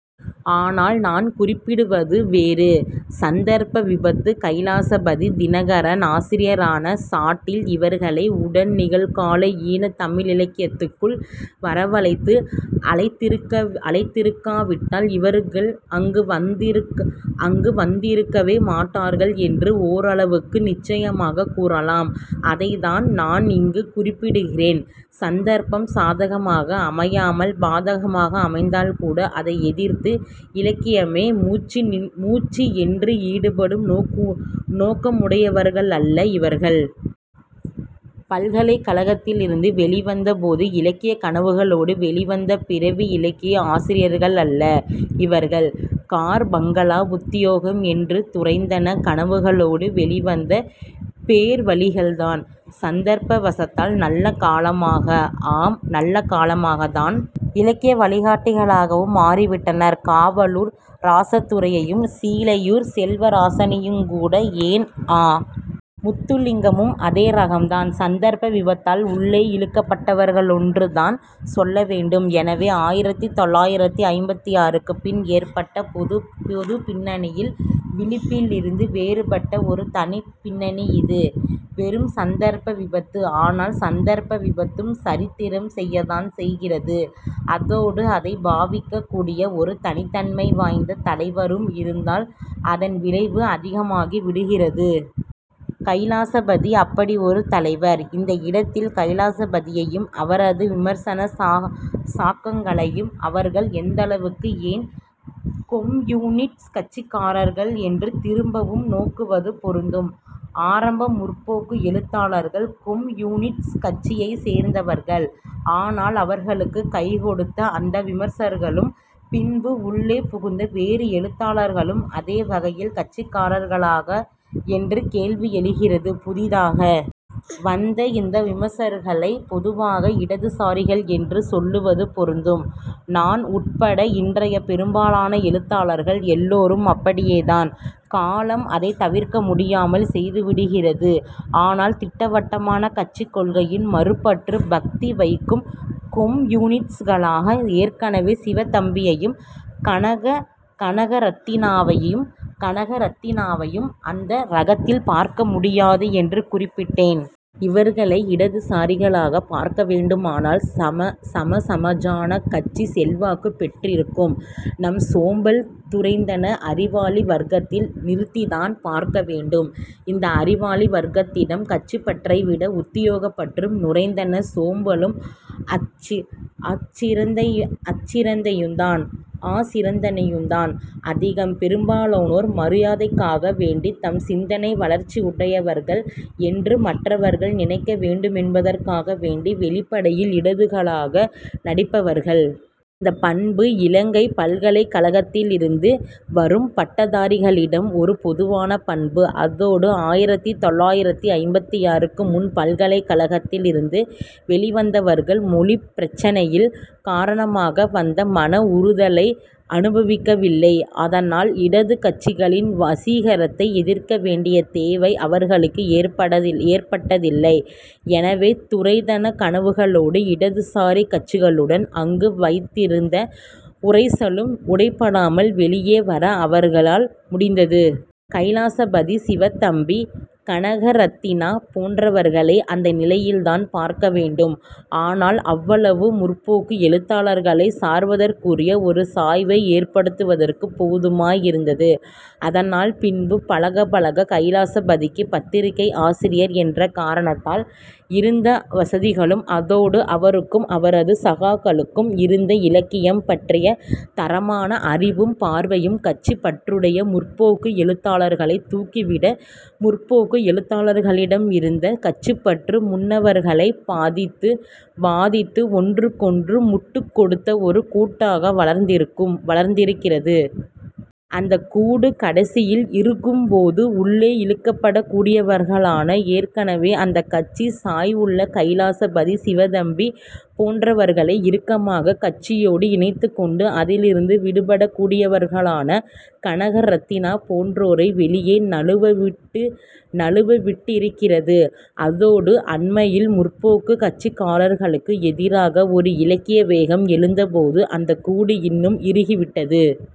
ஆனால் நான் குறிப்பிடுவது வேறு. சந்தர்ப்ப விபத்து. கைலாசபதி தினகரன் ஆசிரியரான சாட்டில் இவர்களை உடன்நிகழ்கால ஈழத் தமிழிலக்கியத்துக்குள் வரவழைத்து அழைத்திருக்காவிட்டால் இவர்கள் அங்கு வந்திருக்கவே மாட்டார்கள் என்று ஓரளவுக்கு நிச்சயமாகக் கூறலாம். அதைத்தான் நான் இங்கு குறிப்பிடுகிறேன். சந்தர்ப்பம் சாதகமாக அமையாமல் பாதகமாக அமைந்தால்கூட அதை எதிர்த்து இலக்கியமே மூச்சு என்று ஈடுபடும் நோக்கமுடையவர்களல்ல இவர்கள். பல்கலைக் கழகத்திலிருந்து வெளிவந்த போது இலக்கியக் கனவுகளோடு வெளிவந்த பிறவி இலக்கிய ஆசிரியர்களல்ல இவர்கள். கார் பங்களா உத்தியோகம் என்று துரைத்தனக் கனவுகளோடு வெளிவந்த பேர்வழிகள்தான். சந்தர்ப்ப வசத்தால் நல்லகாலமாக, ஆம் நல்லகாலமாகத்தான், இலக்கிய வழிகாட்டிகளாகவும் மாறிவிட்டனர். காவலூர் ராசதுரையையும் சில்லையூர் செல்வராசனையுங்கூட ஏன் அ. முத்துலிங்கமும் அதே ரகந்தான் சந்தர்ப்ப விபத்தால் உள்ளே இழுக்கப்பட்டவர்களொன்றுதான் சொல்ல வேண்டும். எனவே ஆயிரத்து தொள்ளாயிரத்து ஐம்பத்தாறுக்குப் பின் ஏற்பட்ட பொதுப் பின்னணியின் விழிப்பிலிருந்து வேறுபட்ட ஒரு தனிப் பின்னணி இது. வெறும் சந்தர்ப்ப விபத்து. ஆனால் சந்தர்ப்ப விபத்தும் சரித்திரம் செய்யத்தான் செய்கிறது. அதோடு அதை பாவிக்கக் கூடிய ஒரு தனித்தன்மை வாய்ந்த தலைவரும் இருந்தால் அதன் விளைவு அதிகமாகி விடுகிறது. கைலாசபதி அப்படி ஒரு தலைவர். இந்த இடத்தில் கைலாசபதியையும் அவரது விமர்சன சாகக்களையும் அவர்கள் எந்தளவுக்கு, ஏன் கொம்யூனிஸ்ட் கட்சிக்காரர்கள் என்று திரும்பவும் நோக்குவது பொருந்தும். ஆரம்ப முற்போக்கு எழுத்தாளர்கள் கொம்யூனிஸ்ட் கட்சியைச் சேர்ந்தவர்கள். ஆனால் அவர்களுக்குக் கைகொடுத்த அந்த விமர்சகர்களும் பின்பு உள்ளே புகுந்த வேறு எழுத்தாளர்களும் அதே வகையில் கட்சிக்காரர்களாக என்று கேள்வி எழுகிறது. புதிதாக வந்த இந்த விமர்சகர்களைப் பொதுவாக இடதுசாரிகள் என்று சொல்வது பொருந்தும். நான் உட்பட இன்றைய பெரும்பாலான எழுத்தாளர்கள் எல்லோரும் அப்படியேதான். காலம் அதைத் தவிர்க்க முடியாமல் செய்துவிடுகிறது. ஆனால், திட்டவட்டமான கட்சிக் கொள்கையில் மறுப்பற்று பக்தி வைக்கும் கொம்யூனிஸ்ட்களா? ஏற்கனவே சிவத்தம்பியையும் கனகரத்தினாவையும் அந்த ரகத்தில் பார்க்க முடியாது என்று குறிப்பிட்டேன். இவர்களை இடதுசாரிகளாகப் பார்க்க வேண்டுமானால் சமசமாஜக் கட்சி செல்வாக்குப் பெற்றிருக்கும் நம் சோம்பல் துரைத்தன அறிவாளி வர்க்கத்தில் நிறுத்தித்தான் பார்க்க வேண்டும். இந்த அறிவாளி வர்க்கத்திடம் கட்சிப்பற்றைவிட உத்தியோகப்பற்றும் துரைத்தனச் சோம்பலும் அசிரத்தையுந்தான் அதிகம். பெரும்பாலோர் மரியாதைக்காக வேண்டி, தாம் சிந்தனை வளர்ச்சியுடையவர்கள் என்று மற்றவர்கள் நினைக்க வேண்டுமென்பதற்காக வேண்டி, வெளிப்படையில் இடதுகளாக நடிப்பவர்கள். இந்தப் பண்பு இலங்கைப் பல்கலைக்கழகத்திலிருந்து வரும் பட்டதாரிகளிடம் ஒரு பொதுவான பண்பு. அதோடு ஆயிரத்து தொள்ளாயிரத்து ஐம்பத்தாறுக்கு முன் பல்கலைக் கழகத்திலிருந்து வெளிவந்தவர்கள் மொழிப்பிரச்சினையில் காரணமாக வந்த மன உறுத்தலை அனுபவிக்கவில்லை. அதனால் இடதுக் கட்சிகளின் வசீகரத்தை எதிர்க்க வேண்டிய தேவை அவர்களுக்கு ஏற்பட்டதில்லை. எனவே துரைத்தனக் கனவுகளோடு இடதுசாரிக் கட்சிகளுடன் அங்கு வைத்திருந்த உரைசலும் உடைபடாமல் வெளியே வர அவர்களால் முடிந்தது. கைலாசபதி, சிவத்தம்பி, கனகரத்தினா போன்றவர்களை அந்த நிலையில்தான் பார்க்க வேண்டும். ஆனால் அவ்வளவும் 'முற்போக்கு' எழுத்தாளர்களைச் சார்வதற்குரிய ஒரு சாய்வை ஏற்படுத்துவதற்குப் போதுமாய் இருந்தது. அதனால் பின்பு பழகப் பழக கைலாசபதிக்குப் பத்திரிகை ஆசிரியர் என்ற காரணத்தால் இருந்த வசதிகளும் அதோடு அவருக்கும் அவரது சகாக்களுக்கும் இருந்த இலக்கியம் பற்றிய தரமான அறிவும் பார்வையும் கட்சிப் பற்றுடைய 'முற்போக்கு' எழுத்தாளர்களைத் தூக்கிவிட முற்போக்கு எழுத்தாளர்களிடமிருந்த கட்சிப்பற்று முன்னவர்களைப் பாதித்து ஒன்றுக்கொன்று முட்டுக் கொடுத்த ஒரு கூட்டாக வளர்ந்திருக்கிறது. அந்தக் கூட்டு கடைசியில் இறுகும் போது உள்ளே இழுக்கப்படக்கூடியவர்களான ஏற்கனவே அந்தக் கட்சிச் சாய்வுள்ள கைலாசபதி சிவத்தம்பி போன்றவர்களை இறுக்கமாகக் கட்சியோடு இணைத்துக்கொண்டு அதிலிருந்து விடுபடக்கூடியவர்களான கனகரத்தினா போன்றோரை வெளியே நழுவவிட்டிருக்கிறது. அதோடு அண்மையில் முற்போக்குக் கட்சிக்காரர்களுக்கு எதிராக ஒரு இலக்கிய வேகம் எழுந்தபோது அந்தக் கூட்டு இன்னும் இறுகிவிட்டது.